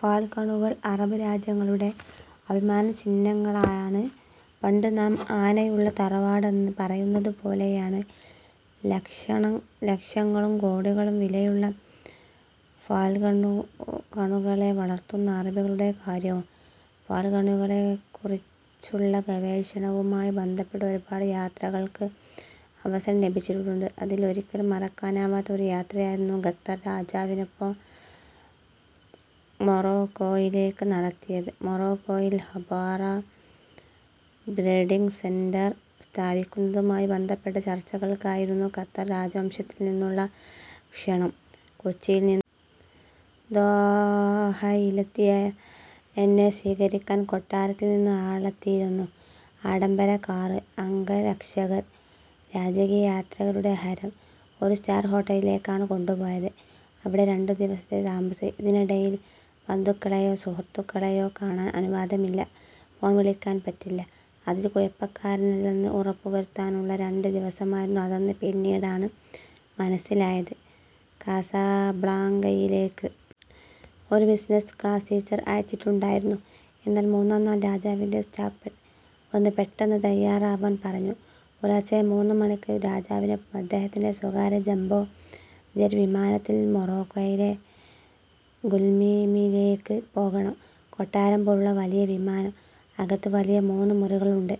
ഫാൽക്കണുകൾ അറബ് രാജ്യങ്ങളുടെ അഭിമാനചിഹ്നങ്ങളാണ്. പണ്ട് നാം ആനയുള്ള തറവാടെന്ന് പറയുന്നതുപോലെയാണ് ലക്ഷങ്ങളും കോടികളും വിലയുള്ള ഫാൽക്കണുകളെ വളർത്തുന്ന അറബികളുടെ കാര്യവും. ഫാൽക്കണുകളെക്കുറിച്ചുള്ള ഗവേഷണവുമായി ബന്ധപ്പെട്ട് ഒരുപാട് യാത്രകൾക്ക് അവസരം ലഭിച്ചിട്ടുണ്ട്. അതിൽ ഒരിക്കലും മറക്കാനാവാത്ത ഒരു യാത്രയായിരുന്നു ഖത്തർ രാജാവിനൊപ്പം മൊറോക്കോയിലേക്ക് നടത്തിയത്. മൊറോക്കോയിൽ ഹൊബാറ ബ്രീഡിങ് സെന്റർ സ്ഥാപിക്കുന്നതുമായി ബന്ധപ്പെട്ട ചർച്ചകൾക്കായിരുന്നു ഖത്തർ രാജവംശത്തിൽനിന്നുള്ള ക്ഷണം. കൊച്ചിയിൽ ദോഹയിലെത്തിയ എന്നെ സ്വീകരിക്കാൻ കൊട്ടാരത്തിൽനിന്ന് ആളെത്തിയിരുന്നു. ആഡംബര കാർ, അംഗരക്ഷകർ, രാജകീയ യാത്രയുടെ ഹരം. ഒരു സ്റ്റാർ ഹോട്ടലിലേക്കാണ് കൊണ്ടുപോയത്. അവിടെ രണ്ടുദിവസത്തെ താമസം. ഇതിനിടയിൽ ബന്ധുക്കളെയോ സുഹൃത്തുക്കളെയോ കാണാൻ അനുവാദമില്ല. ഫോൺ വിളിക്കാൻ പറ്റില്ല. അതിഥി കുഴപ്പക്കാരനല്ലെന്ന് ഉറപ്പുവരുത്താനുള്ള രണ്ട് ദിവസമായിരുന്നു അതെന്ന് പിന്നീടാണ് മനസ്സിലായത്. കാസാബ്ലാങ്കയിലേക്ക് ഒരു ബിസിനസ് ക്ലാസ് ടിക്കറ്റ് അയച്ചിട്ടുണ്ടായിരുന്നു. എന്നാൽ മൂന്നാംനാൾ രാജാവിൻ്റെ സ്റ്റാഫ് വന്ന് പെട്ടെന്ന് തയ്യാറാവാൻ പറഞ്ഞു. പുലർച്ചെ മൂന്നുമണിക്ക് രാജാവിനൊപ്പം അദ്ദേഹത്തിൻ്റെ സ്വകാര്യ ജംബോ ജെറ്റ് വിമാനത്തിൽ മൊറോക്കോയിലെ ഗുൽമീമിലേക്ക് പോകണം. കൊട്ടാരം പോലുള്ള വലിയ വിമാനം. അകത്ത് വലിയ മൂന്ന് മുറികളുണ്ട്.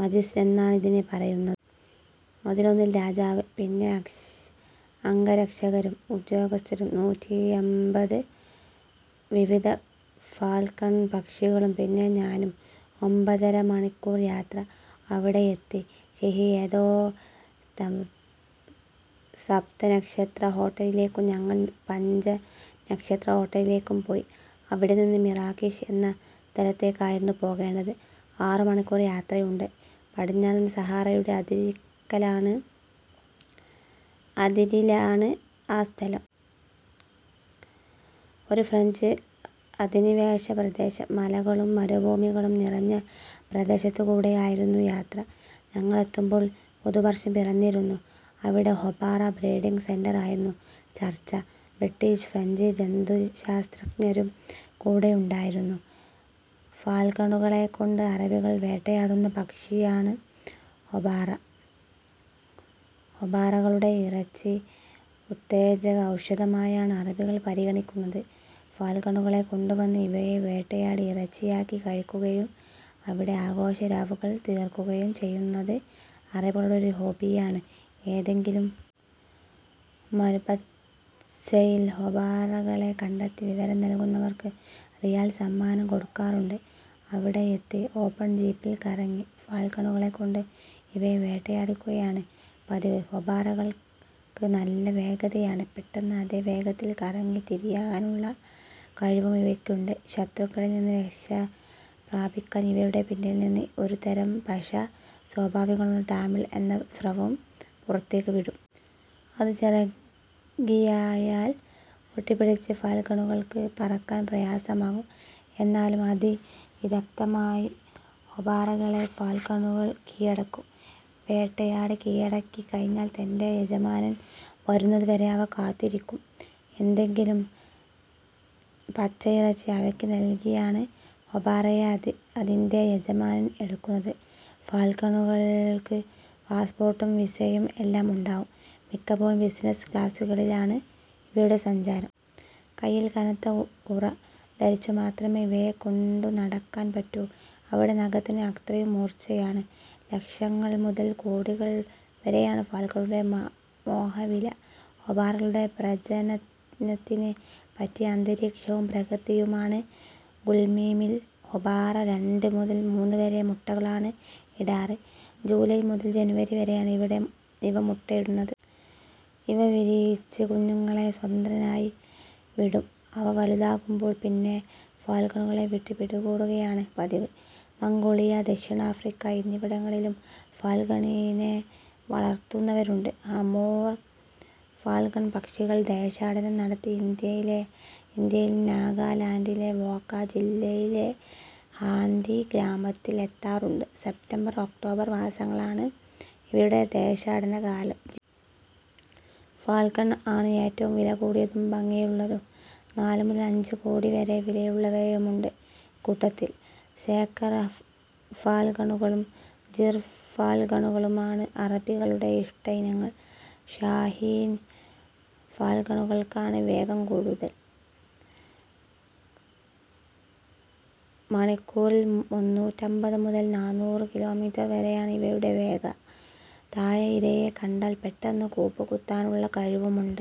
മജ്ലിസ് എന്നാണ് ഇതിനെ പറയുന്നത്. അതിലൊന്നിൽ രാജാവ്. പിന്നെ അംഗരക്ഷകരും ഉദ്യോഗസ്ഥരും നൂറ്റിയെൺപത് വിവിധ ഫാൽക്കൺ പക്ഷികളും പിന്നെ ഞാനും. ഒമ്പതര മണിക്കൂർ യാത്ര. അവിടെയെത്തി. ഷെയ്ഖ് ഏതോ സപ്തനക്ഷത്ര ഹോട്ടലിലേക്കും ഞങ്ങൾ പഞ്ചനക്ഷത്ര ഹോട്ടലിലേക്കും പോയി. അവിടെനിന്ന് മിറാക്കിഷ് എന്ന സ്ഥലത്തേക്കായിരുന്നു പോകേണ്ടത്. ആറുമണിക്കൂർ യാത്രയുണ്ട്. പടിഞ്ഞാറൻ സഹാറയുടെ അതിരിലാണ് ആ സ്ഥലം. ഒരു ഫ്രഞ്ച് അധിനിവേശ പ്രദേശം. മലകളും മരുഭൂമികളും നിറഞ്ഞ പ്രദേശത്തുകൂടെയായിരുന്നു യാത്ര. ഞങ്ങളെത്തുമ്പോൾ പുതുവർഷം പിറന്നിരുന്നു. അവിടെ ഹൊബാറ ബ്രീഡിങ് സെന്ററിലായിരുന്നു ചർച്ച. British, French ജന്തുശാസ്ത്രജ്ഞരും കൂടെയുണ്ടായിരുന്നു. ഫാൽക്കണുകളെക്കൊണ്ട് അറബികൾ വേട്ടയാടുന്ന പക്ഷിയാണ് ഹൊബാറ. ഹൊബാറകളുടെ ഇറച്ചി ഉത്തേജക ഔഷധമായാണ് അറബികൾ പരിഗണിക്കുന്നത്. ഫാൽക്കണുകളെ കൊണ്ടുവന്ന് ഇവയെ വേട്ടയാടി ഇറച്ചിയാക്കി കഴിക്കുകയും അവിടെ ആഘോഷരാവുകൾ തീർക്കുകയും ചെയ്യുന്നത് അറബികളുടെ ഒരു ഹോബിയാണ്. ഏതെങ്കിലും മരുപ്പച്ചയിൽ ഹൊബാറകളെ കണ്ടെത്തി വിവരം നൽകുന്നവർക്ക് റിയാൽ സമ്മാനം കൊടുക്കാറുണ്ട്. അവിടെയെത്തി ഓപ്പൺ ജീപ്പിൽ കറങ്ങി ഫാൽക്കണുകളെക്കൊണ്ട് ഇവയെ വേട്ടയാടിക്കുകയാണ് പതിവ്. ഹൊബാറകൾക്ക് നല്ല വേഗതയാണ്. പെട്ടെന്ന് അതേ വേഗത്തിൽ കറങ്ങിത്തിരിയാനുള്ള കഴിവും ഇവയ്ക്കുണ്ട്. ശത്രുക്കളിൽനിന്ന് രക്ഷപ്രാപിക്കാൻ ഇവയുടെ പിന്നിൽനിന്ന് ഒരുതരം പശ സ്വഭാവമുള്ള ടാമിള് എന്ന സ്രവവും പുറത്തേക്ക് വിടും. അത് ചിറകിലായാൽ ഒട്ടിപ്പിടിച്ച് ഫാൽക്കണുകൾക്ക് പറക്കാൻ പ്രയാസമാകും. എന്നാലും അതിവിദഗ്ധമായി ഹൊബാറകളെ ഫാൽക്കണുകൾ കീഴടക്കും. വേട്ടയാടി കീഴടക്കിക്കഴിഞ്ഞാൽ തൻ്റെ യജമാനൻ വരുന്നതുവരെ അവ കാത്തിരിക്കും. എന്തെങ്കിലും പച്ചയിറച്ചി അവയ്ക്ക് നൽകിയാണ് ഹൊബാറയെ അതിൻ്റെ യജമാനൻ എടുക്കുന്നത്. ഫാൽക്കണുകൾക്ക് പാസ്‌പോർട്ടും വിസയും എല്ലാം ഉണ്ടാവും. മിക്കപ്പോഴും ബിസിനസ് ക്ലാസുകളിലാണ് ഇവയുടെ സഞ്ചാരം. കയ്യിൽ കനത്ത ഉറ ധരിച്ചുമാത്രമേ ഇവയെ കൊണ്ടുനടക്കാൻ പറ്റൂ. അവയുടെ നഖത്തിന് അത്രയും മൂർച്ചയാണ്. ലക്ഷങ്ങൾ മുതൽ കോടികൾ വരെയാണ് ഫാൽക്കണുകളുടെ മോഹവില. ഹൊബാറകളുടെ പ്രജനനത്തിന് പറ്റിയ അന്തരീക്ഷവും പ്രകൃതിയുമാണ് ഗുൽമീമിൽ. ഹൊബാറ രണ്ട് മുതൽ മൂന്നുവരെ മുട്ടകളാണ് ഇടാറ്. ജൂലൈ മുതൽ ജനുവരി വരെയാണ് ഇവ മുട്ടയിടുന്നത്. ഇവ വിരിയിച്ച് കുഞ്ഞുങ്ങളെ സ്വതന്ത്രരായി വിടും. അവ വലുതാകുമ്പോൾ പിന്നെ ഫാൽക്കണുകളെ വിട്ട് പിടികൂടുകയാണ് പതിവ്. മംഗോളിയ, ദക്ഷിണാഫ്രിക്ക എന്നിവിടങ്ങളിലും ഫാൽക്കണിനെ വളർത്തുന്നവരുണ്ട്. അമൂർ ഫാൽക്കൺ പക്ഷികൾ ദേശാടനം നടത്തി ഇന്ത്യയിൽ നാഗാലാൻഡിലെ വോക്ക ജില്ലയിലെ ഹാന്ഥി ഗ്രാമത്തിൽ എത്താറുണ്ട്. സെപ്റ്റംബർ, ഒക്ടോബർ മാസങ്ങളാണ് ഇവയുടെ ദേശാടനകാലം. ജിർ ഫാൽക്കൺ ആണ് ഏറ്റവും വിലകൂടിയതും ഭംഗിയുള്ളതും. നാല് മുതൽ അഞ്ച് കോടി വരെ വിലയുള്ളവയുണ്ട് ഇക്കൂട്ടത്തിൽ. സേക്കർ ഫാൽക്കണുകളും ജിർ ഫാൽക്കണുകളുമാണ് അറബികളുടെ ഇഷ്ടയിനങ്ങൾ. ഷാഹീൻ ഫാൽക്കണുകൾക്കാണ് വേഗം കൂടുതൽ. മണിക്കൂറിൽ മുന്നൂറ്റമ്പത് മുതൽ നാനൂറ് കിലോമീറ്റർ വരെയാണ് ഇവയുടെ വേഗം. താഴെ ഇരയെ കണ്ടാൽ പെട്ടെന്ന് കൂപ്പുകുത്താനുള്ള കഴിവുമുണ്ട്.